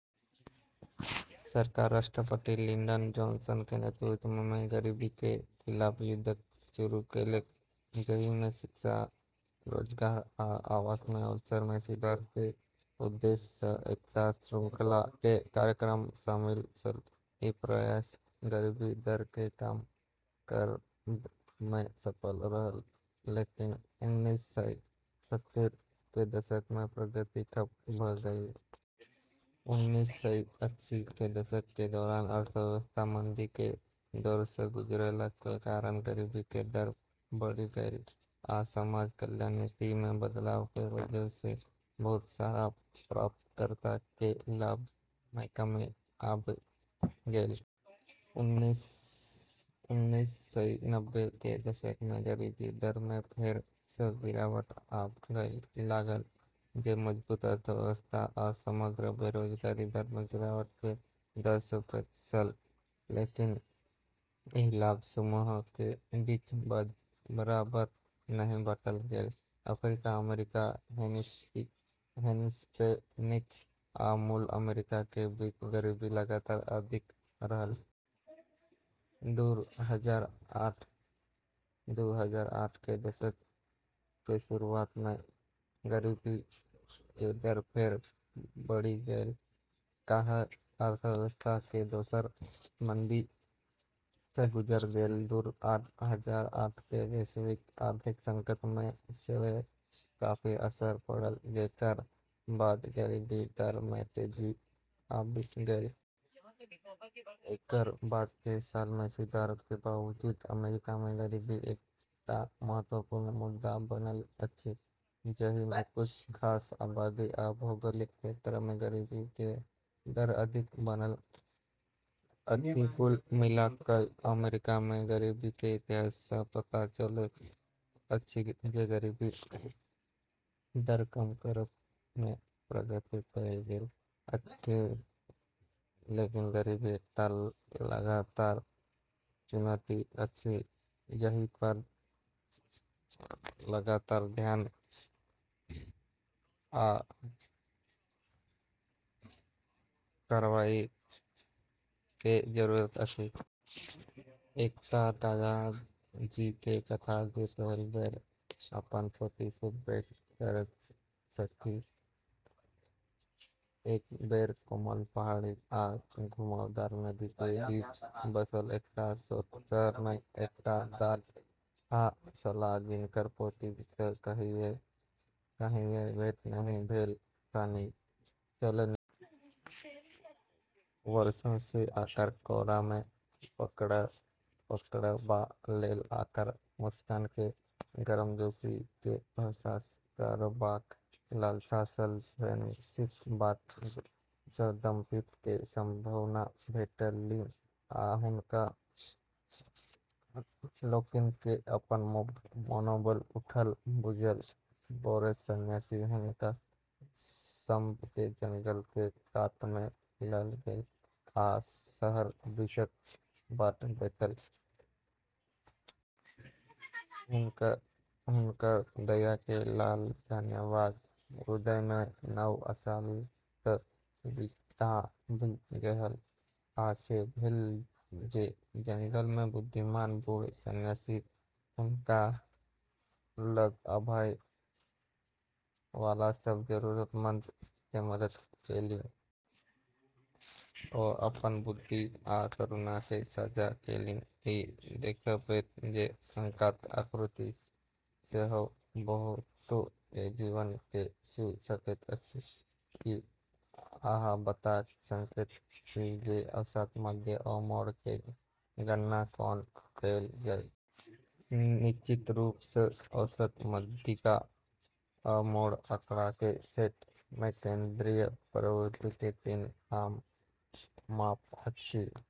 सरकार राष्ट्रपति Lyndon Johnson के नेतृत्व मे गरीबी के खिलाफ युद्ध शुरू केलक, जाहि मे शिक्षा, रोजगार, आ आवास के अवसर मे सुधार के उद्देश्य सँ एकटा श्रृंखला के कार्यक्रम शामिल छल। ई प्रयास गरीबी दर के कम करब मे सफल रहल, लेकिन उन्नीस सय सत्तरी के दशक मे प्रगति ठप भ गेल। उन्नीस सय अस्सी के दशक के दौरान अर्थव्यवस्था मंदी के दौर सँ गुजरला के कारण गरीबी के दर बढ़ि गेल आ समाज कल्याण नीति मे बदलाव के वजह सँ बहुत सारा प्राप्तकर्ता के लाभ मे कमी आबि गेल। उन्नीस सय नब्बे के दशक मे गरीबी दर मे फेर सँ गिरावट आबय लागल, जे मजबूत अर्थव्यवस्था आ समग्र बेरोजगारी दर मे गिरावट के दर्शबैत छल। लेकिन ई लाभ सब समूह के बीच बराबर नहि बाँटल गेल, अफ्रीकी अमेरिकी, हिस्पैनिक आ मूल अमेरिकी के बीच गरीबी लगातार अधिक रहल। दू हजार आठ के दशक के शुरुआत मे गरीबी के दर फेर बढ़ि गेल, काहे कि अर्थव्यवस्था एक दोसर मंदी सँ गुजरि गेल। दू हजार आठ के वैश्विक आर्थिक संकट के सेहो काफी असर पड़ल, जेकर बाद गरीबी दर मे तेजी आबि गेल। एकर बाद के साल मे सुधार के बावजूद, अमेरिका मे गरीबी एकटा महत्वपूर्ण मुद्दा बनल अछि, जाहि मे किछु खास आबादी आ भौगोलिक क्षेत्र मे गरीबी के दर अधिक बनल अछि। कुल मिला कए अमेरिका मे गरीबी के इतिहास सँ पता चलैत अछि जे गरीबी दर के कम करब मे प्रगति कएल गेल अछि, लेकिन गरीबी एकटा लगातार चुनौती अछि जाहि पर लगातार ध्यान आ कार्रवाई के जरूरत अछि। एकटा दादाजी के कथा जे पहिल बेर अपन पोती सँ भेंट करैत छथि। एक बेर कोमल पहाड़ी आ घुमावदार नदी के बीच बसल एकटा छोट शहर मे एकटा दादा छलाह जिनकर पोती सँ कहियो भेंट नहि भेल छलनि। वर्षो सँ ओकरा कोरा मे पकड़बा लेल आ ओकर मुस्कान के गर्मजोशी के अहसास करबाक लालसा छल। संन्यासीक बात सँ दंपति के सान्त्वना भेटलनि आ हुनका लोकनि के अपन मनोबल उठल बुझायल। भोरे संन्यासी हुनका सभ के जंगल के कात मे ल' गेल आ शहर दिसक बाट देखा देलक। हुनकर दया के लेल धन्यवाद दैत हृदय मे नव आशा ल' क' विदा भ गेलाह। आ से भेल जे जंगल मे बुद्धिमान बूढ़ संन्यासी हुनका लग आबय वाला सब जरूरतमंद के मदद केलनि। ओ अपन बुद्धि आ करुणा के साझा केलनि, ई देखबैत जे एकांत आकृति सेहो बहुतो के जीवन के छू सकैत अछि। की अहाँ बता सकैत छी जे औसत माध्य आ मोड के गणना कोना कएल जाय। निश्चित रूप सँ। औसत, माध्यिका, आ मोड आँकड़ा के सेट मे केंद्रीय प्रवृत्ति के तीन आम माप अछि।